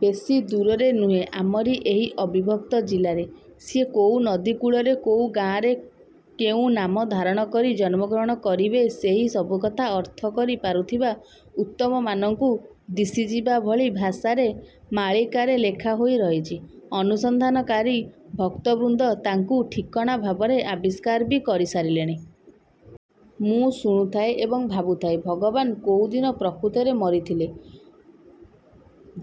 ବେଶୀ ଦୂରରେ ନୁହେଁ, ଆମରି ଏହି ଅବିଭକ୍ତ ଜିଲ୍ଲାରେ। ସିଏ କୋଉ ନଦୀ କୂଳରେ କୋଉ ଗାଆଁରେ କେଉଁ ନାମ ଧାରଣ କରି ଜନ୍ମଗ୍ରହଣ କରିବେସେହି ସବୁକଥା ଅର୍ଥ କରି ପାରୁଥିବା ଉତ୍ତମମାନଙ୍କୁ ଦିଶିଯିବା ଭଳି ଭାଷାରେ ମାଳୀକାରେ ଲେଖା ହୋଇ ରହିଛି। ଅନୁସନ୍ଧାନକାରୀ ଭକ୍ତବୃନ୍ଦ ତାଙ୍କୁ ଠିକଣା ଭାବରେ ଆବିଷ୍କାର ବି କରି ସାରିଲେଣି। ମୁଁ ଶୁଣୁଥାଏ ଏବଂ ଭାବୁଥାଏ ଭଗବାନ କୋଉଦିନ ପ୍ରକୃତରେ ମରିଥଲେ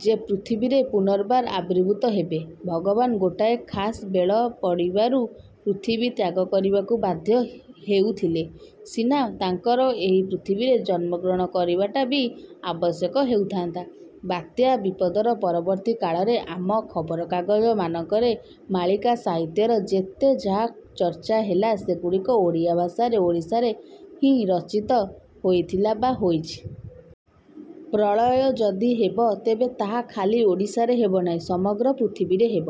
ଯେ ପୃଥିବୀରେ ପୁନର୍ବାର ଆବିର୍ଭୂତ ହେବେ। ଭଗବାନ ଗୋଟାଏ ଖାସ୍ ବେଳ ପଡ଼ିବାରୁ ପୃଥିବୀ ତ୍ୟାଗ କରିବାକୁ ବାଧ୍ୟ ହେଉଥିଲେ ସିନା ତାଙ୍କର ଏହି ପୃଥିବୀରେ ଜନ୍ମଗ୍ରହଣ କରିବାଟା ବି ଆବଶ୍ୟକ ହେଉଥାନ୍ତା। ବାତ୍ୟା ବିପଦର ପରବର୍ତ୍ତୀ କାଳରେ ଆମ ଖବରକାଗଜ ମାନଙ୍କରେ ମାଳିକା ସାହିତ୍ୟର ଯେତେ ଯାହା ଚର୍ଚ୍ଚା ହେଲା ସେଗୁଡ଼ିକ ଓଡ଼ିଆ ଭାଷାରେ ଓଡ଼ିଶାରେ ହିଁ ରଚିତ ହୋଇଥିଲା ବା ହୋଇଛି। ପ୍ରଳୟ ଯଦି ହେବ ତେବେ ତାହା ଖାଲି ଓଡ଼ିଶାରେ ହେବନାହିଁ। ସମଗ୍ର ପୃଥିବୀରେ ହେବ।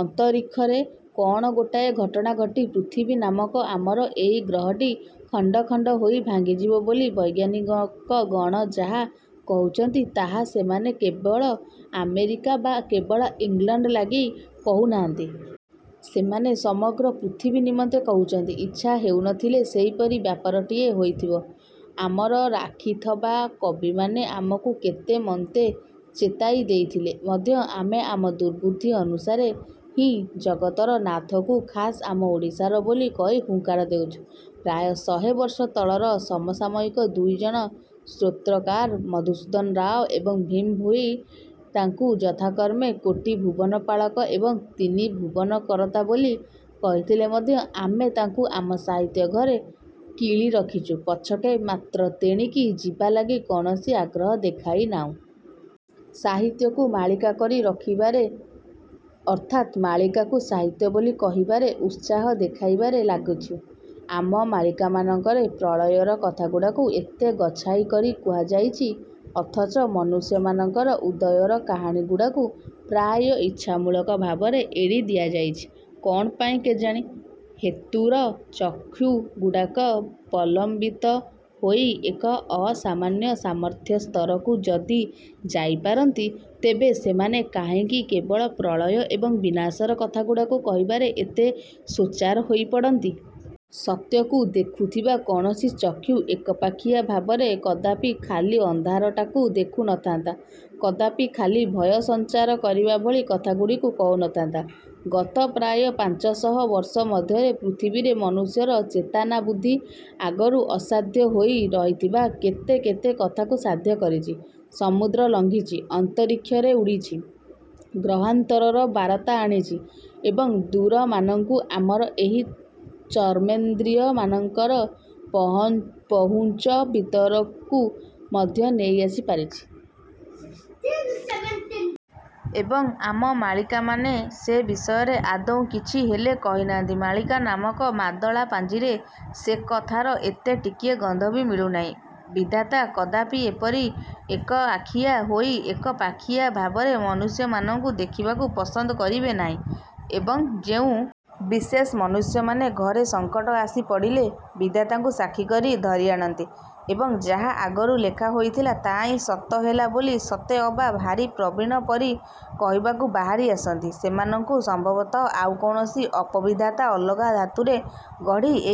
ଅନ୍ତରୀକ୍ଷରେ କ'ଣ ଗୋଟାଏ ଘଟଣା ଘଟି ପୃଥିବୀ ନାମକ ଆମର ଏହି ଗ୍ରହଟି ଖଣ୍ଡ ଖଣ୍ଡ ହୋଇ ଭାଙ୍ଗିଯିବ ବୋଲି ବୈଜ୍ଞାନିକଗଣ ଯାହା କହୁଛନ୍ତି ତାହା ସେମାନେ କେବଳ ଆମେରିକା ବା କେବଳ ଇଂଲଣ୍ଡ ଲାଗି କହୁନାହାନ୍ତି। ସେମାନେ ସମଗ୍ର ପୃଥିବୀ ନିମନ୍ତେ କହୁଛନ୍ତି। ଇଚ୍ଛା ହେଉନଥିଲେ ସେହିପରି ବ୍ୟାପାରଟିଏ ହୋଇଥିବ। ଆମର ଆଖିଥବା କବିମାନେ ଆମକୁ କେତେମନ୍ତେ ଚେତାଇ ଦେଇଥିଲେ ମଧ୍ୟ ଆମେ ଆମ ଦୁର୍ବୁଦ୍ଧି ଅନୁସାରେ ହିଁ ଜଗତର ନାଥଙ୍କୁ ଖାସ୍ ଆମ ଓଡ଼ିଶାର ବୋଲି କହି ହୁଙ୍କାର ଦେଉଛୁ। ପ୍ରାୟ ଶହେ ବର୍ଷ ତଳର ସମସାମୟିକ ଦୁଇଜଣ ସ୍ତ୍ରୋତ୍ରକାର ମଧୁସୂଦନ ରାଓ ଏବଂ ଭୀମ ଭୋଇ, ତାଙ୍କୁ ଯଥାକ୍ରମେ କୋଟିଭୁବନପାଳକ ଏବଂ ତିନି ଭୁବନକରତା ବୋଲି କହିଥିଲେ ମଧ୍ୟ ଆମେ ତାଙ୍କୁ ଆମ ସାହିତ୍ୟଘରେ କିଳି ରଖିଛୁ ପଛକେ ମାତ୍ର ତେଣିକି ଯିବା ଲାଗି କୌଣସି ଆଗ୍ରହ ଦେଖାଇନାହୁଁ। ସାହିତ୍ୟକୁ ମାଳିକା କରି ରଖିବାରେ ଅର୍ଥାତ୍ ମାଳିକାକୁ ସାହିତ୍ୟ ବୋଲି କହିବାରେ ଉତ୍ସାହ ଦେଖାଇବାରେ ଲାଗିଛୁ। ଆମ ମାଳିକାମାନଙ୍କରେ ପ୍ରଳୟର କଥାଗୁଡ଼ାକୁ ଏତେ ଗଚ୍ଛାଇ କରି କୁହାଯାଇଛି, ଅଥଚ ମନୁଷ୍ୟମାନଙ୍କର ଉଦୟର କାହାଣୀଗୁଡ଼ାକୁ ପ୍ରାୟ ଇଚ୍ଛାମୂଳକ ଭାବରେ ଏଡ଼ି ଦିଆଯାଇଛି କ'ଣ ପାଇଁ କେଜାଣି? ହେତୁର ଚକ୍ଷୁଗୁଡ଼ାକ ପ୍ରଲମ୍ବିତ ହୋଇ ଏକ ଅସାମାନ୍ୟ ସାମର୍ଥ୍ୟସ୍ତରକୁ ଯଦି ଯାଇପାରନ୍ତି, ତେବେ ସେମାନେ କାହିଁକି କେବଳ ପ୍ରଳୟ ଏବଂ ବିନାଶର କଥାଗୁଡ଼ାକ କହିବାରେ ଏତେ ସୋଚ୍ଚାର ହୋଇପଡ଼ନ୍ତି? ସତ୍ୟକୁ ଦେଖୁଥବା କୌଣସି ଚକ୍ଷୁ ଏକପାଖିଆ ଭାବରେ କଦାପି ଖାଲି ଅନ୍ଧାରଟାକୁ ଦେଖୁନଥାନ୍ତା, କଦାପି ଖାଲି ଭୟସଂଚାର କରିବା ଭଳି କଥାଗୁଡ଼ିକୁ କହୁନଥାନ୍ତା। ଗତ ପ୍ରାୟ ପାଂଚଶହ ବର୍ଷ ମଧ୍ୟରେ ପୃଥିବୀରେ ମନୁଷ୍ୟର ଚେତନାବୁଦ୍ଧି ଆଗରୁ ଅସାଧ୍ୟ ହୋଇ ରହିଥିବା କେତେ କେତେ କଥାକୁ ସାଧ୍ୟ କରିଛି; ସମୁଦ୍ର ଲଂଘିଛି, ଅନ୍ତରୀକ୍ଷରେ ଉଡ଼ିଛି, ଗ୍ରହାନ୍ତରର ବାରତା ଆଣିଛି ଏବଂ ଦୂରମାନଙ୍କୁ ଆମର ଏହି ଚର୍ମେନ୍ଦ୍ରିୟମାନଙ୍କର ପହୁଞ୍ଚ ଭିତରକୁ ମଧ୍ୟ ନେଇ ଆସି ପାରିଛି। ଏବଂ, ଆମ ମାଳିକାମାନେ ସେ ବିଷୟରେ ଆଦୌ କିଛି ହେଲେ କହିନାହାନ୍ତି। ମାଳିକା ନାମକ ମାଦଳା ପାଞ୍ଜିରେ ସେକଥାର ଏତେ ଟିକିଏ ଗନ୍ଧ ବି ମିଳୁନାହିଁ। ବିଧାତା କଦାପି ଏପରି ଏକଆଖିଆ ହୋଇ ଏକପାଖିଆ ଭାବରେ ମନୁଷ୍ୟମାନଙ୍କୁ ଦେଖିବାକୁ ପସନ୍ଦ କରିବେ ନାହିଁ। ଏବଂ ଯେଉଁ ବିଶେଷ ମନୁଷ୍ୟମାନେ ଘରେ ସଂକଟ ଆସି ପଡ଼ିଲେ ବିଧାତାଙ୍କୁ ସାକ୍ଷୀ କରି ଧରିଆଣନ୍ତି ଏବଂ ଯାହା ଆଗରୁ ଲେଖା ହୋଇଥିଲା ତାହା ହିଁ ସତ ହେଲା ବୋଲି ସତେ ଅବା ଭାରି ପ୍ରବୀଣ ପରି କହିବାକୁ ବାହାରି ଆସନ୍ତି ସେମାନଙ୍କୁ ସମ୍ଭବତଃ ଆଉ କୌଣସି ଅପବିଧାତା ଅଲଗା ଧାତୁରେ ଗଢ଼ି ଏହି